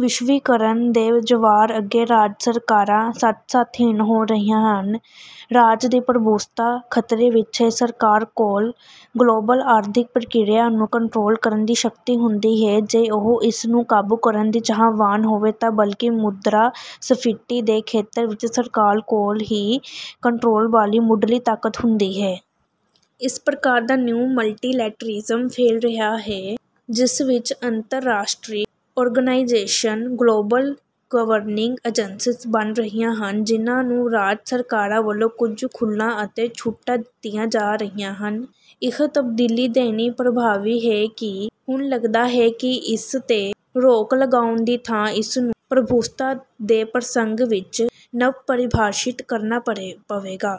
ਵਿਸ਼ਵੀਕਰਨ ਦੇ ਜਵਾਰ ਅੱਗੇ ਰਾਜ ਸਰਕਾਰਾਂ ਸੱਤ-ਸੱਤ ਹੀਣ ਹੋ ਰਹੀਆਂ ਹਨ। ਰਾਜ ਦੀ ਪ੍ਰਭੂਸੱਤਾ ਖਤਰੇ ਵਿੱਚ ਹੈ। ਸਰਕਾਰ ਕੋਲ ਗਲੋਬਲ ਆਰਥਿਕ ਪ੍ਰਕਿਰਿਆ ਨੂੰ ਕੰਟਰੋਲ ਕਰਨ ਦੀ ਸ਼ਕਤੀ ਹੁੰਦੀ ਹੈ, ਜੇ ਉਹ ਇਸ ਨੂੰ ਕਾਬੂ ਕਰਨ ਦੀ ਚਾਹਵਾਨ ਹੋਵੇ ਤਾਂ ਬਲਕਿ ਮੁਦਰਾ ਸਫੀਤੀ ਦੇ ਖੇਤਰ ਵਿੱਚ ਸਰਕਾਰ ਕੋਲ ਹੀ ਕੰਟਰੋਲ ਵਾਲੀ ਮੁਢਲੀ ਤਾਕਤ ਹੁੰਦੀ ਹੈ। ਇਸ ਪ੍ਰਕਾਰ ਦਾ ਨਿਊ ਮਲਟੀਲੇਟਰੇਲਿਜ਼ਮ ਫੈਲ ਰਿਹਾ ਹੈ, ਜਿਸ ਵਿੱਚ ਅੰਤਰਾਸ਼ਟਰੀ ਔਰਗਨਾਈਜੇਸ਼ਨਜ਼, ਗਲੋਬਲ ਗਵਰਨਿੰਗ ਏਜੰਸੀਜ਼ ਬਣ ਰਹੀਆਂ ਹਨ, ਜਿਨ੍ਹਾਂ ਨੂੰ ਰਾਜ ਸਰਕਾਰਾਂ ਵੱਲੋਂ ਕੁਝ ਖੁੱਲਾਂ ਅਤੇ ਛੋਟਾਂ ਦਿੱਤੀਆਂ ਜਾ ਰਹੀਆਂ ਹਨ। ਇਹ ਤਬਦੀਲੀ ਦੇਣੀ ਪ੍ਰਭਾਵੀ ਹੈ ਕਿ ਹੁਣ ਲਗਦਾ ਹੈ ਕਿ ਇਸ ਤੇ ਰੋਕ ਲਗਾਉਣ ਦੀ ਥਾਂ ਇਸ ਨੂੰ ਪ੍ਰਭੂਸੱਤਾ ਦੇ ਪ੍ਰਸੰਗ ਵਿੱਚ ਨਵ ਪਰਿਭਾਸ਼ਿਤ ਕਰਨਾ ਪਵੇਗਾ।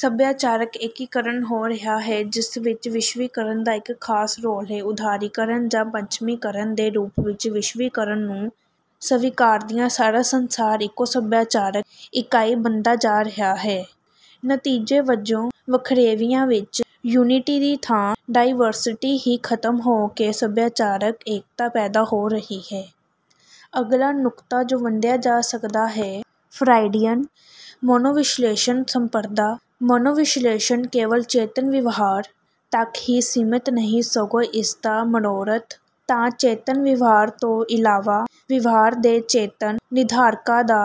ਸਭਿਆਚਾਰਕ ਏਕੀਕਰਨ ਹੋ ਰਿਹਾ ਹੈ ਜਿਸ ਵਿੱਚ ਵਿਸ਼ਵੀਕਰਨ ਦਾ ਇੱਕ ਖਾਸ ਰੋਲ ਹੈ। ਉਦਾਰੀਕਰਨ ਜਾਂ ਪੱਛਮੀਕਰਨ ਦੇ ਰੂਪ ਵਿੱਚ ਵਿਸ਼ਵੀਕਰਨ ਨੂੰ ਸਵੀਕਾਰਦਿਆਂ ਸਾਰਾ ਸੰਸਾਰ ਇਕੋ ਸਭਿਆਚਾਰਕ ਇਕਾਈ ਬਣਦਾ ਜਾ ਰਿਹਾ ਹੈ। ਨਤੀਜੇ ਵਜੋਂ ਵਖਰੇਵਿਆਂ ਵਿੱਚ ਯੂਨਿਟੀ ਦੀ ਥਾਂ ਡਾਇਵਰਸਿਟੀ ਹੀ ਖਤਮ ਹੋ ਕੇ ਸਭਿਆਚਾਰਕ ਏਕਤਾ ਪੈਦਾ ਹੋ ਰਹੀ ਹੈ। ਅਗਲਾ ਨੁਕਤਾ ਜੋ ਵੰਡਿਆ ਜਾ ਸਕਦਾ ਹੈ ਫਰਾਇਡੀਅਨ ਮਨੋਵਿਸ਼ਲੇਸ਼ਣ ਸੰਪਰਦਾ। ਮਨੋਵਿਸ਼ਲੇਸ਼ਣ ਕੇਵਲ ਚੇਤਨ ਵਿਵਹਾਰ ਤੱਕ ਹੀ ਸੀਮਿਤ ਨਹੀਂ ਸਗੋਂ ਇਸਦਾ ਮਨੋਰਥ ਤਾਂ ਚੇਤਨ ਵਿਵਹਾਰ ਤੋਂ ਇਲਾਵਾ ਵਿਵਹਾਰ ਦੇ ਅਚੇਤਨ ਨਿਰਧਾਰਕਾਂ ਦਾ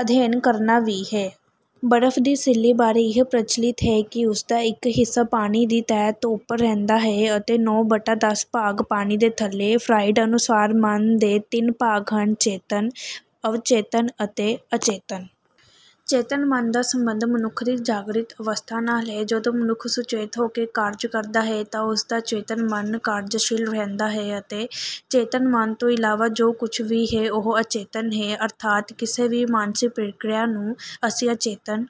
ਅਧਿਐਨ ਕਰਨਾ ਵੀ ਹੈ। ਬਰਫ਼ ਦੀ ਸਿੱਲੀ ਬਾਰੇ ਇਹ ਪ੍ਰਚਲਿਤ ਹੈ ਕਿ ਉਸਦਾ ਇੱਕ ਹਿੱਸਾ ਪਾਣੀ ਦੀ ਤਹਿ ਤੋਂ ਉੱਪਰ ਰਹਿੰਦਾ ਹੈ ਅਤੇ ਨੌ ਬਟਾ ਦਸ ਭਾਗ ਪਾਣੀ ਦੇ ਥੱਲੇ। ਫਰਾਇਡ ਅਨੁਸਾਰ ਮਨ ਦੇ ਤਿੰਨ ਭਾਗ ਹਨ, ਚੇਤਨ, ਅਵਚੇਤਨ ਅਤੇ ਅਚੇਤਨ। ਚੇਤਨ ਮਨ ਦਾ ਸੰਬੰਧ ਮਨੁੱਖ ਦੀ ਜਾਗਰਿਤ ਅਵਸਥਾ ਨਾਲ ਹੈ। ਜਦੋਂ ਮਨੁੱਖ ਸੁਚੇਤ ਹੋ ਕੇ ਕਾਰਜ ਕਰਦਾ ਹੈ ਤਾਂ ਉਸ ਦਾ ਚੇਤਨ ਮਨ ਕਾਰਜਸ਼ੀਲ ਰਹਿੰਦਾ ਹੈ ਅਤੇ ਚੇਤਨ ਮਨ ਤੋਂ ਇਲਾਵਾ ਜੋ ਕੁੱਝ ਵੀ ਹੈ ਉਹ ਅਚੇਤਨ ਹੈ। ਅਰਥਾਤ ਕਿਸੇ ਵੀ ਮਾਨਸਿਕ ਪ੍ਰਕ੍ਰਿਆ ਨੂੰ ਅਸੀਂ ਅਚੇਤਨ